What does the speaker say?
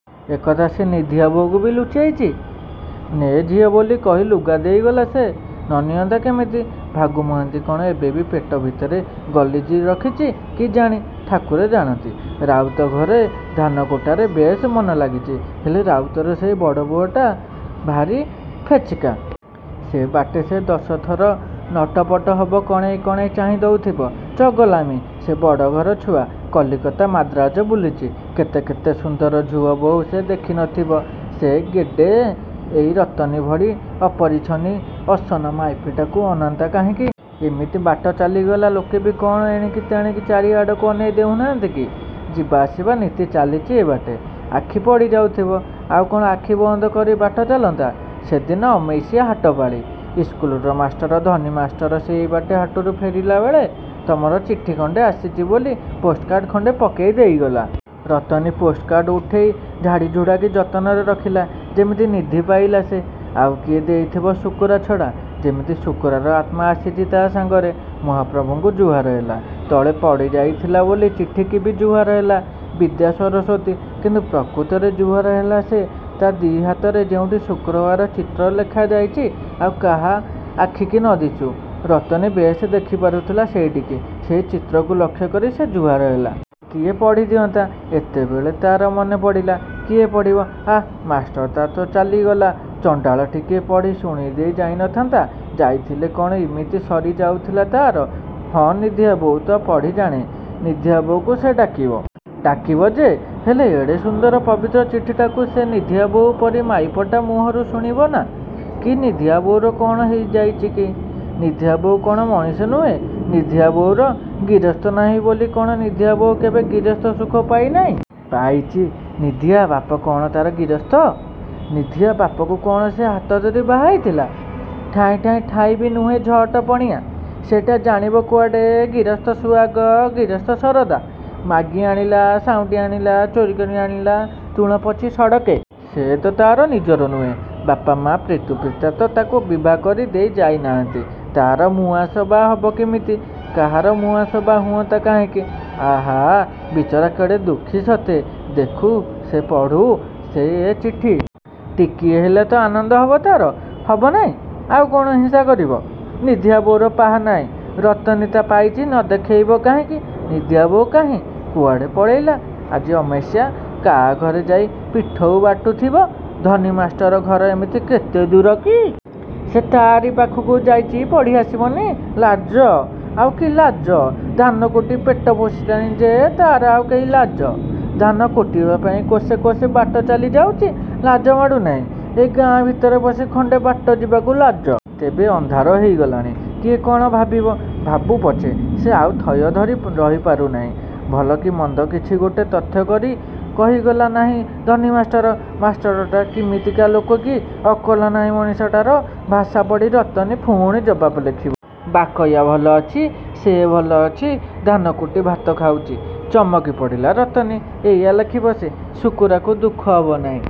ଏକଥା ସେ ନିଧିଆବୋଉକୁବି ଲୁଚେଇଚି। ନେ ଝିଅ ବୋଲି କହି ଲୁଗା ଦେଇଗଲା ସେ। ନ ନିଅନ୍ତା କିମିତି । ଭାଗୁ ମହାନ୍ତି କ'ଣ ଏବେବି ପେଟ ଭିତରେ ଗଲିଜି ରଖିଚି? କିଜାଣି। ଠାକୁରେ ଜାଣନ୍ତି। ରାଉତଘରେ ଧାନକୁଟାରେ ବେଶ୍ ମନଲାଗିଛି। ହେଲେ ରାଉତର ସେଇ ବଡ଼ପୁଅଟା ଭାରି ଫେଚକା। ସେ ବାଟେ ସେ ଦଶଥର ନଟପଟ ହବ କଣେଇ କଣେଇ ଚାହିଁ ଦଉଥିବ। ଚଗଲାମି। ସେ ବଡ଼ଘର ଛୁଆ। କଲିକତା ମାଦ୍ରାଜ ବୁଲିଚି। କେତେ କେତେ ସୁନ୍ଦର ଝୁଅ ବହୂ ସେ ଦେଖି ନଥିବ। ସେ ଗେଟେ ଏଇ ରତନୀ ଭଳି ଅପରିଚ୍ଛନ୍ନି ଅସନା ମାଇପିଟାକୁ ଅନାନ୍ତା କାହିଁକି। ଇମିତି ବାଟ ଚାଲିଗଲା ଲୋକେବି କ'ଣ ଏଣିକି ତେଣିକି ଚାରିଆଡ଼କୁ ଅନେଇ ଦେଉନାହାନ୍ତି କି। ଯିବା ଆସିବା ନିତି ଚାଲିଚି ଏ ବାଟେ। ଆଖି ପଡ଼ିଯାଉଥିବ। ଆଉ କ'ଣ ଆଖି ବନ୍ଦ କରି ବାଟ ଚାଲନ୍ତା। ସେଦିନ ଅମେଇସା ହାଟପାଳି। ଇସ୍କୁଲର ମାଷ୍ଟର ଧନୀ ମାଷ୍ଟର ସେଇବାଟେ ହାଟରୁ ଫେରିଲାବେଳେ ତମର ଚିଠିଖଣ୍ତେ ଆସିଚି ବୋଲି ପୋଷ୍ଟକାର୍ଡ଼ ଖଣ୍ତେ ପକେଇ ଦେଇଗଲା। ରତନୀ ପୋଷ୍ଟକାର୍ଡ଼ ଉଠେଇ ଝାଡ଼ିଝୁଡ଼ାକି ଯତନରେ ରଖିଲା। ଯେମିତି ନିଧି ପାଇଲା ସେ ଆଉ କିଏ ଦେଇଥିବ ଶୁକୁରା ଛଡ଼ା। ଯେମିତି ଶୁକୁରାର ଆତ୍ମା ଆସିଚି ତା ସାଙ୍ଗରେ। ମହାପ୍ରଭୁଙ୍କୁ ଜୁହାର ହେଲା। ତଳେ ପଡ଼ିଯାଇଥିଲା ବୋଲି ଚିଠିକିବି ଜୁହାର ହେଲା। ବିଦ୍ୟା ସରସ୍ୱତୀ କିନ୍ତୁ ପ୍ରକୃତରେ ଜୁହାର ହେଲା ସେ ତା ଦିହାତରେ ଯେଉଁଠି ଶୁକୁରାର ଚିତ୍ର ଲେଖାଯାଇଚି ଆଉ କାହା ଆଖିକି ନ ଦିଶୁ ରତନୀ ବେଶ୍ ଦେଖି ପାରୁଥିଲା ସେଇଠିକି ସେଇଚିତ୍ରକୁ ଲକ୍ଷ୍ୟକରି ସେ ଜୁହାର ହେଲା। କିଏ ପଢ଼ି ଦିଅନ୍ତା। ଏତେବେଳେ ତା'ର ମନେପଡ଼ିଲା। କିଏ ପଢ଼ିବ? ଆଃ ମାଷ୍ଟରଟା ତ ଚାଲିଗଲା। ଚଣ୍ତାଳ ଟିକିଏ ପଢ଼ି ଶୁଣେଇ ଦେଇ ଯାଇ ନଥାନ୍ତା। ଯାଇଥିଲେ କ'ଣ ଇମିତି ସରି ଯାଉଥିଲା ତା'ର? ହଁ ନିଧିଆ ବୋଉ ତ ପଢ଼ି ଜାଣେ। ନିଧିଆ ବୋଉକୁ ସେ ଡାକିବ। ଡାକିବ ଯେ ହେଲେ ଏଡ଼େ ସୁନ୍ଦର ପବିତ୍ର ଚିଠିଟାକୁ ସେ ନିଧିଆ ବୋଉ ପରି ମାଇପଟା ମୁହଁରୁ ଶୁଣିବନା? କି ନିଧିଆ ବୋଉର କ'ଣ ହେଇ ଯାଇଚି କି? ନିଧିଆବୋଉ କ'ଣ ମଣିଷ ନୁହେଁ? ନିଧିଆବୋଉର। ଗିରସ୍ତ ନାହିଁ ବୋଲି କ'ଣ ନିଧିଆବୋଉ କେବେ ଗିରସ୍ତ ସୁଖ ପାଇ ନାହିଁ? ପାଇଚି? ନିଧିଆ ବାପ କ'ଣ ତା'ର ଗିରସ୍ତ। ନିଧିଆ ବାପକୁ କ'ଣ ସେ ହାତ ଧରି ବାହା ହେଇଥିଲା? ଠାଇଁ ଠାଇଁ ଠାଇଁବି ନୁହେଁ ଝଅଟ ପଣିଆ। ସେଟା ଜାଣିବ କୁଆଡ଼େ ଗିରସ୍ତ ସୁଆଗ ଗିରସ୍ତ ଶରଧା? ମାଗି ଆଣିଲା ସାଉଁଟି ଆଣିଲା ଚୋରିକରି ଆଣିଲା ତୁଣ ପଚି ସଡ଼କେ। ସେ ତ ତା'ର ନିଜର ନୁହେଁ। ବାପା ମା ପିତୃ ପିତା ତ ତାକୁ ବିଭାକରି ଦେଇ ଯାଇ ନାହାନ୍ତି। ତା'ର ମୁଆଁସ ବା ହବ କିମିତି? କାହାର ମୁଆଁସ ବା ହୁଅନ୍ତା କାହିଁକି! ଆହା ବିଚରା କେଡ଼େ ଦୁଃଖୀ ସତେ! ଦେଖୁ ସେ ପଢ଼ୁ ସେ ଏ ଚିଠି। ଟିକିଏ ହେଲେ ତ ଆନନ୍ଦ ହବ ତା'ର? ହବ ନାହିଁ? ଆଉ କ'ଣ ହିଂସା କରିବ? ନିଧିଆବୋଉର ପାହା ନାହିଁ ରତନୀ ତା ପାଇଚି ନ ଦେଖେଇବ କାହିଁକି? ନିଧିଆ ବୋଉ କାହିଁ? କୁଆଡ଼େ ପଳେଇଲା? ଆଜି ଅମେଇସା। କାହାଘରେ ଯାଇ ପିଠଉ ବାଟୁଥିବ। ଧନୀ ମାଷ୍ଟର ଘର ଏମିତି କେତେ ଦୂର କି? ସେ ତା'ରି ପାଖକୁ ଯାଇ ପଢ଼ି ଆସିବନି-? ଲାଜ? ଆଉ କି ଲାଜ? ଧାନକୁଟି ପେଟ ପୋଷିଲାଣି ଯେ ତା'ର ଆଉ କି ଲାଜ-? ଧାନକୁଟିବା ପାଇଁ କୋଶେ କୋଶେ ବାଟଚାଲି ଯାଉଚି ଲାଜମାଡ଼ୁନାହିଁ ଏଇ ଗାଁ ଭିତରେ ପଶି ଖଣ୍ତେ ବାଟ ଯିବାକୁ ଲାଜ? ତେବେ ଅନ୍ଧାର ହେଇ ଗଲାଣି। କିଏ କ'ଣ ଭାବିବ। ଭାବୁପଛେ ସେ ଆଉ ଥୟ ଧରି ରହିପାରୁ ନାହିଁ। ଭଲ କି ମନ୍ଦ କିଛି ଗୋଟେ ତଥ୍ୟକରି କହିଗଲା ନାହିଁ ଧନୀ ମାଷ୍ଟର। ମାଷ୍ଟରଟା କିମିତିକା ଲୋକ କି? ଅକଲ ନାହିଁ ମଣିଷଟାର। ଭାଷା ପଢ଼ି ରତନୀ ପୁଣି ଜବାବ ଲେଖିବ। ବାକୟା ଭଲ ଅଛି। ସେ ଭଲ ଅଛି। ଧାନକୁଟି ଭାତଖାଉଚି। ଚମକି ପଡ଼ିଲା ରତନୀ। ଏଇୟା ଲେଖିବ ସେ! ଶୁକୁରାକୁ ଦୁଃଖ ହବ ନାହିଁ?